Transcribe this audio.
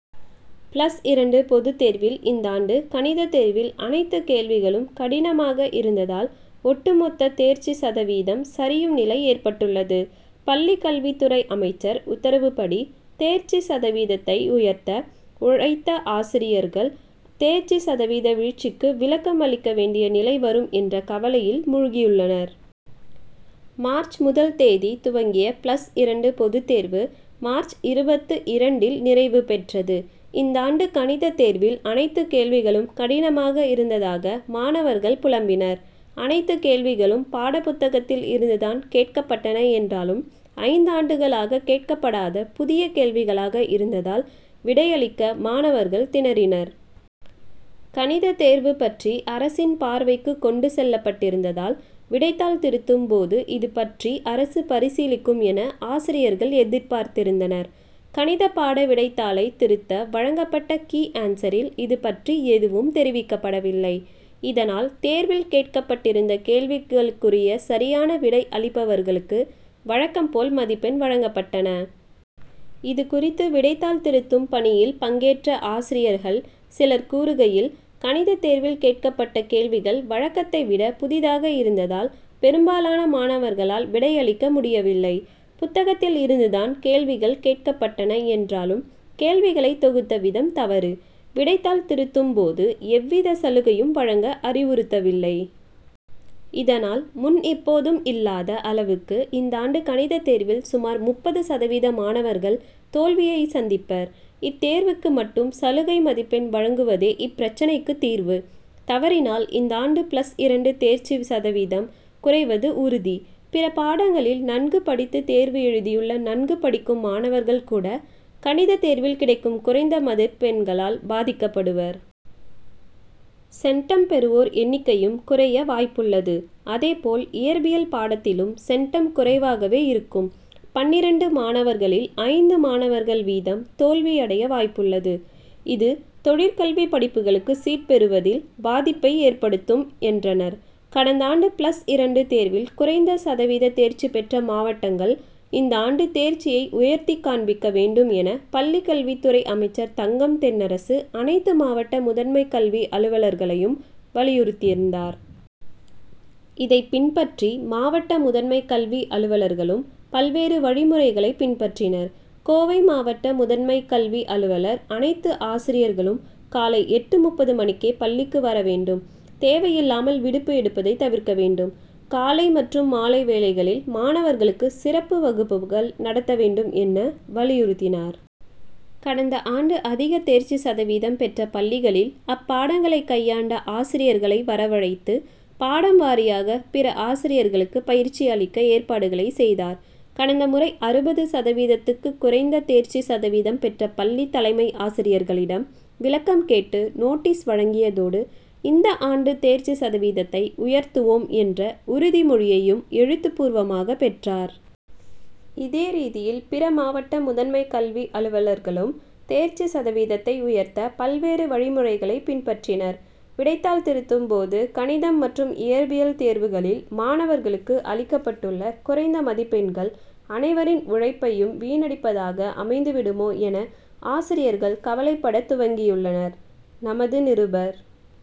Plus இரண்டு பொதுத்தேர்வில் இந்தாண்டு கணித தேர்வில் அனைத்து கேள்விகளும் கடினமாக இருந்ததால் ஒட்டுமொத்த தேர்ச்சி சதவீதம் சரியும் நிலை ஏற்பட்டுள்ளது. பள்ளி கல்வித்துறை அமைச்சர் உத்தரவுப்படி தேர்ச்சி சதவீதத்தை உயர்த்த உழைத்த ஆசிரியர்கள் தேர்ச்சி சதவீத வீழ்ச்சிக்கு விளக்கம் அளிக்க வேண்டிய நிலை வரும் என்ற கவலையில் மூழ்கியுள்ளனர். மார்ச் முதல் தேதி துவங்கிய பிளஸ் இரண்டு பொது தேர்வு மார்ச் இருபத்து இரண்டுஇல் நிறைவு பெற்றது. இந்தாண்டு கணித தேர்வில் அனைத்துக் கேள்விகளும் கடினமாக இருந்ததாக மாணவர்கள் புலம்பினர். அனைத்து கேள்விகளும் பாடப்புத்தகத்தில் இருந்துதான் கேட்கப்பட்டன என்றாலும் ஐந்தாண்டுகளாக கேட்கப்படாத புதிய கேள்விகளாக இருந்ததால் விடையளிக்க மாணவர்கள் திணறினர். கணித தேர்வு பற்றி அரசின் பார்வைக்கு கொண்டு செல்லப்பட்டிருந்ததால் விடைத்தாள் திருத்தும்போது இதுபற்றி அரசு பரிசீலிக்கும் என ஆசிரியர்கள் எதிர்பார்த்திருந்தனர். கணித பாட விடைத்தாளை திருத்த வழங்கப்பட்ட கீ ஆன்சரில் இதுபற்றி எதுவும் தெரிவிக்கப்படவில்லை. இதனால் தேர்வில் கேட்கப்பட்டிருந்த கேள்விகளுக்குரிய சரியான விடை அளிப்பவர்களுக்கு வழக்கம் போல் மதிப்பெண் வழங்கப்பட்டன. இதுகுறித்து விடைத்தாள் திருத்தும் பணியில் பங்கேற்ற ஆசிரியர்கள் சிலர் கூறுகையில் கணித தேர்வில் கேட்கப்பட்ட கேள்விகள் வழக்கத்தை விட புதிதாக இருந்ததால் பெரும்பாலான மாணவர்களால் விடையளிக்க முடியவில்லை. புத்தகத்தில் இருந்துதான் கேள்விகள் கேட்கப்பட்டன என்றாலும் கேள்விகளை தொகுத்த விதம் தவறு. விடைத்தாள் திருத்தும்போது எவ்வித சலுகையும் வழங்க அறிவுறுத்தவில்லை. இதனால் முன் எப்போதும் இல்லாத அளவுக்கு இந்தாண்டு கணித தேர்வில் சுமார் முப்பது சதவீத மாணவர்கள் தோல்வியை சந்திப்பர். இத்தேர்வுக்கு மட்டும் சலுகை மதிப்பெண் வழங்குவதே இப்பிரச்னைக்கு தீர்வு. தவறினால் இந்தாண்டு பிளஸ் இரண்டு தேர்ச்சி சதவீதம் குறைவது உறுதி. பிற பாடங்களில் நன்கு படித்து தேர்வு எழுதியுள்ள நன்கு படிக்கும் மாணவர்கள் கூட கணித தேர்வில் கிடைக்கும் குறைந்த மதிப்பெண்களால் பாதிக்கப்படுவர். சென்டம் பெறுவோர் எண்ணிக்கையும் குறைய வாய்ப்புள்ளது. அதேபோல் இயற்பியல் பாடத்திலும் சென்டம் குறைவாகவே இருக்கும். பன்னிரண்டு மாணவர்களில் ஐந்து மாணவர்கள் வீதம் தோல்வி அடைய வாய்ப்புள்ளது. இதுதொழிற் கல்வி படிப்புகளுக்கு சீட் பெறுவதில் பாதிப்பை ஏற்படுத்தும் என்றனர். கடந்தாண்டு பிளஸ் இரண்டு தேர்வில் குறைந்த சதவீத தேர்ச்சி பெற்ற மாவட்டங்கள் இந்தாண்டு தேர்ச்சியை உயர்த்திக் காண்பிக்க வேண்டும் என பள்ளி கல்வித் துறை அமைச்சர் தங்கம் தென்னரசு அனைத்து மாவட்ட முதன்மை கல்வி அலுவலர்களையும் வலியுறுத்தியிருந்தார். இதைப்பின்பற்றி மாவட்ட முதன்மை கல்வி அலுவலர்களும் பல்வேறு வழிமுறைகளை பின்பற்றினர். கோவை மாவட்ட முதன்மை கல்வி அலுவலர் அனைத்து ஆசிரியர்களும் காலை எட்டு முப்பது மணிக்கே பள்ளிக்கு வர வேண்டும் தேவையில்லாமல் விடுப்பு எடுப்பதை தவிர்க்க வேண்டும். காலை மற்றும் மாலை வேளைகளில் மாணவர்களுக்கு சிறப்பு வகுப்புகள் நடத்த வேண்டும் என வலியுறுத்தினார். கடந்த ஆண்டு அதிக தேர்ச்சி சதவீதம் பெற்ற பள்ளிகளில் அப்பாடங்களை கையாண்ட ஆசிரியர்களை வரவழைத்து பாடம் வாரியாக பிற ஆசிரியர்களுக்கு பயிற்சி அளிக்க ஏற்பாடுகளை செய்தார். கடந்த முறை அறுபது சதவீதத்துக்கு குறைந்த தேர்ச்சி சதவீதம் பெற்ற பள்ளி தலைமை ஆசிரியர்களிடம் விளக்கம் கேட்டு நோட்டீஸ் வழங்கியதோடு இந்த ஆண்டு தேர்ச்சி சதவீதத்தை உயர்த்துவோம் என்ற உறுதி மொழியையும் எழுத்துப் பூர்வமாக பெற்றார். இதே ரீதியில் பிற மாவட்ட முதன்மை கல்வி அலுவலர்களும் தேர்ச்சி சதவீதத்தை உயர்த்த பல்வேறு வழிமுறைகளை பின்பற்றினர். விடைத்தாள் திருத்தும் போது கணிதம் மற்றும் இயற்பியல் தேர்வுகளில் மாணவர்களுக்கு அளிக்கப்பட்டுள்ள குறைந்த மதிப்பெண்கள் அனைவரின் உழைப்பையும் வீணடிப்பதாக அமைந்து விடுமோ என ஆசிரியர்கள் கவலைப்பட துவங்கியுள்ளனர். நமது நிருபர்.